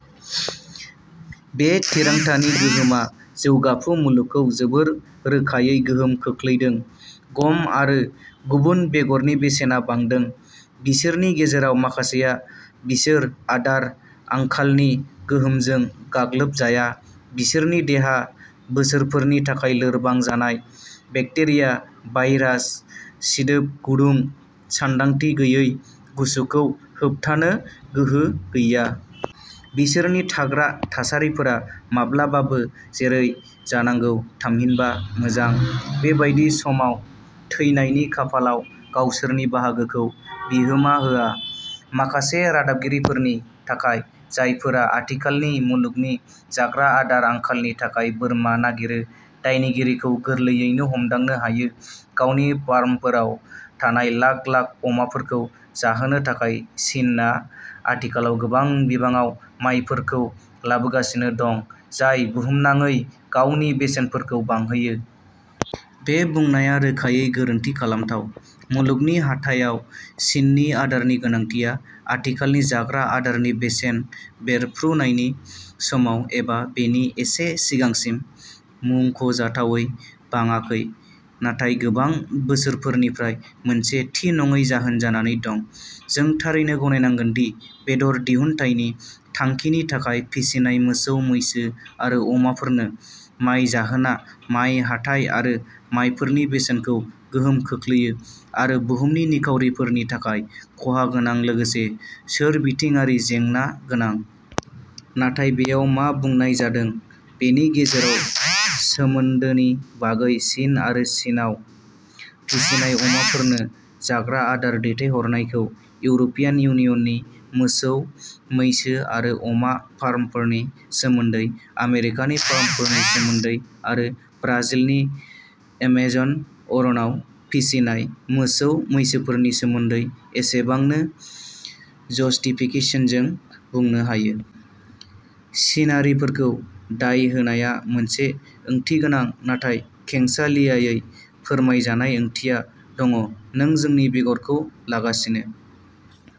बे थिरांथानि गोहोमा जौगाफु मुलुगखौ जोबोर रोखायै गोहोम खोख्लैदों, गम आरो गुबुन बेगरनि बेसेना बांदों। बिसोरनि गेजेराव माखासेआ, बिसोर आदार आंखालनि गोहोमजों गाग्लोबजाया बिसोरनि देहा, बोसोरफोरनि थाखाय लोरबां जानाय, बेक्टेरिया, भाइरास, सिदोब गुदुं, सानदांथि गैयै गुसुखौ होबथानो गोहो गैया। बिसोरनि थाग्रा थासारिफोरा, माब्लाबाबो जेरै जानांगौ, थामहिनबा मोजां, बेबायदि समाव थैनायनि खाफालाव गावसोरनि बाहागोखौ बिहोमा होआ। माखासे रादाबगिरिफोरनि थाखाय, जायफोरा आथिखालनि मुलुगनि जाग्रा आदार आंखालनि थाखाय बोरमा नागिरो, दायनिगिरिखौ गोरलैयैनो हमदांनो हायो। गावनि फार्मफोराव थानाय लाख लाख अमाफोरखौ जाहोनो थाखाय, चीनआ आथिखालाव गोबां बिबाङाव मायफोरखौ लाबोगासिनो दं, जाय बुहुमनाङै गावनि बेसेनफोरखौ बांहोयो। "बे बुंनाया रोखायै गोरोन्थि खालामथाव। मुलुगनि हाथायाव चीननि आदारनि गोनांथिया आथिखालनि जाग्रा आदारनि बेसेन बेरफ्रुनायनि समाव एबा बेनि एसे सिगांसिम मुंख'जाथावै बाङाखै नाथाय गोबां बोसोरफोरनिफ्राय मोनसे थि नङै जाहोन जानानै दं। जों थारैनो गनायनांगोन दि बेदर दिहुन्थायनि थांखिनि थाखाय फिसिनाय मोसौ मैसो आरो अमाफोरनो माय जाहोना माय हाथाइ आरो मायफोरनि बेसेनखौ गोहोम खोख्लैयो, आरो बुहुमनि निखावरिफोरनि थाखाय खहा गोनां लोगोसे सोरबिथिंआरि जेंना गोनां। नाथाय बेयाव मा बुंनाय जादों बेनि गेजेराव सोमोन्दोनि बागै। चीन आरो चीनआव फिसिनाय अमाफोरनो जाग्रा आदार दैथायहरनायखौ इउर'पियान इउनियननि मोसौ मैसो आरो अमा फार्मफोरनि सोमोन्दै, आमेरिकानि फार्मफोरनि सोमोन्दै, आरो ब्राजिलनि एमेजन अरनाव फिसिनाय मोसौ मैसोफोरनि सोमोन्दै एसेबांनो जस्टिफिकेशनजों बुंनो हायो। चीनारिफोरखौ दाय होनाया मोनसे ओंथिगोनां नाथाय खेंसालियायै फोरमायजानाय ओंथिया दङ' नों जोंनि बेगरखौ लागासिनो।''